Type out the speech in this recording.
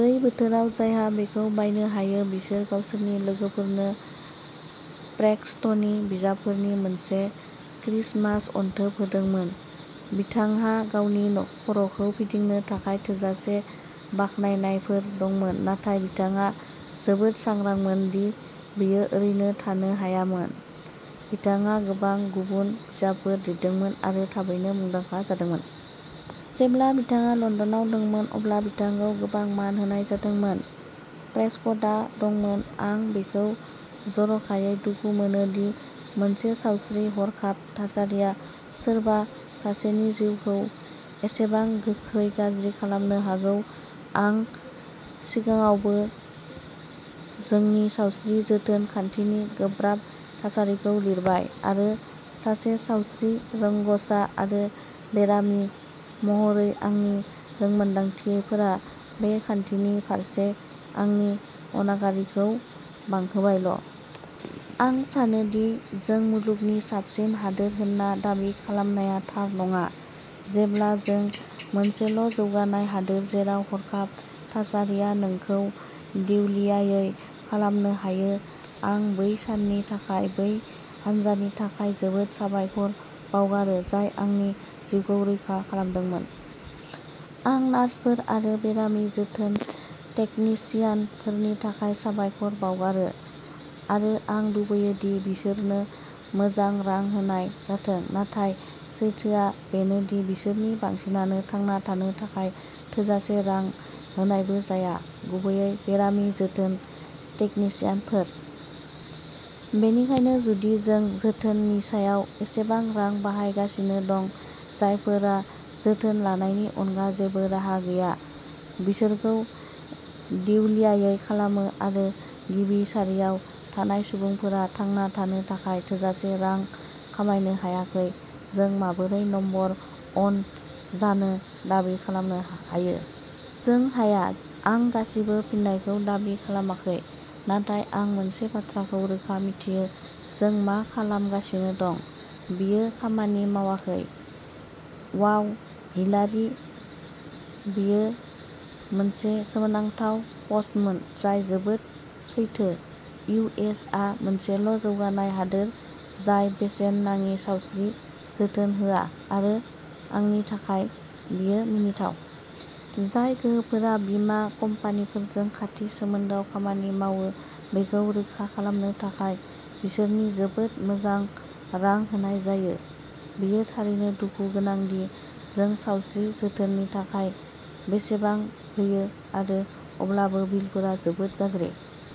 बै बोथोराव जायहा बेखौ बायनो हायो, बिसोर गावसोरनि लोगोफोरनो प्रेस्कटनि बिजाबफोरनि मोनसे क्रिसमास अनथोब होदोंमोन। बिथांहा गावनि खर'खौ फिदिंनो थाखाय थोजासे बाखनायनायफोर दंमोन, नाथाय बिथाङा जोबोद सांग्रांमोन दि बियो ओरैनो थानो हायामोन। बिथाङा गोबां गुबुन बिजाबफोर लिरदोंमोन आरो थाबैनो मुंदांखा जादोंमोन। जेब्ला बिथाङा लन्दनाव दंमोन, अब्ला बिथांखौ गोबां मान होनाय जादोंमोन। प्रेस्कटआ दंमोन। आं बेखौ जर'खायै दुखु मोनो दि मोनसे सावस्रि हरखाब थासारिया सोरबा सासेनि जिउखौ एसेबां गोख्रै गाज्रि खालामनो हागौ। आं सिगाङावबो जोंनि सावस्रि जोथोन खान्थिनि गोब्राब थासारिखौ लिरबाय, आरो सासे सावस्रि रोंग'सा आरो बेरामि महरै आंनि रोंमोनदांथिफोरा बे खान्थिनि फारसे आंनि अनागारिखौ बांहोबायल'। आं सानो दि जों मुलुगनि साबसिन हादोर होनना दाबि खालामनाया थार नङा, जेब्ला जों मोनसेल'जौगानाय हादोर जेराव हरखाब थासारिया नोंखौ देउलियायै खालामनो हायो। आं बै साननि थाखाय बै हानजानि थाखाय जोबोद साबायखर बावगारो जाय आंनि जिउखौ रैखा खालामदोंमोन। आं नार्सफोर आरो बेरामि जोथोन टेकनिशियानफोरनि थाखाय साबायखर बावगारो आरो आं लुबैयो दि बिसोरनो मोजां रां होनाय जाथों, नाथाय सैथोआ बेनो दि बिसोरनि बांसिनानो थांना थानो थाखाय थोजासे रां होनायबो जाया। गुबैयै बेरामि जोथोन टेकनिशियानफोर। बेनिखायनो, जुदि जों जोथोननि सायाव एसेबां रां बाहायगासिनो दं, जायफोरा जोथोन लानायनि अनगा जेबो राहा गैया बिसोरखौ देउलियायै खालामो आरो गिबि सारियाव थानाय सुबुंफोरा थांना थानो थाखाय थोजासे रां खामायनो हायाखै, जों माबोरै नम्बर वन जानो दाबि खालामनो हायो? जों हाया। आं गासिबो फिननायखौ दाबि खालामाखै, नाथाय आं मोनसे बाथ्राखौ रोखा मिथियोः जों मा खालामगासिनो दं बेयो खामानि मावाखै। वाव हिलारि, बेयो मोनसे सोमोनांथाव पस्टमोन जाय जोबोद सैथो! इउ. एस. आ मोनसेल'जौगानाय हादोर जाय बेसेन नाङि सावस्रि जोथोन होआ आरो आंनि थाखाय बेयो मिनिथाव! जाय गोहोफोरा बीमा कम्पानिफोरजों खाथि सोमोन्दोआव खामानि मावो बेखौ रोखा खालामनो थाखाय बिसोरनो जोबोद मोजां रां होनाय जायो! बेयो थारैनो दुखु गोनां दि जों सावस्रि जोथोननि थाखाय बेसेबां होयो आरो अब्ला बिलफोरा जोबोद गाज्रि!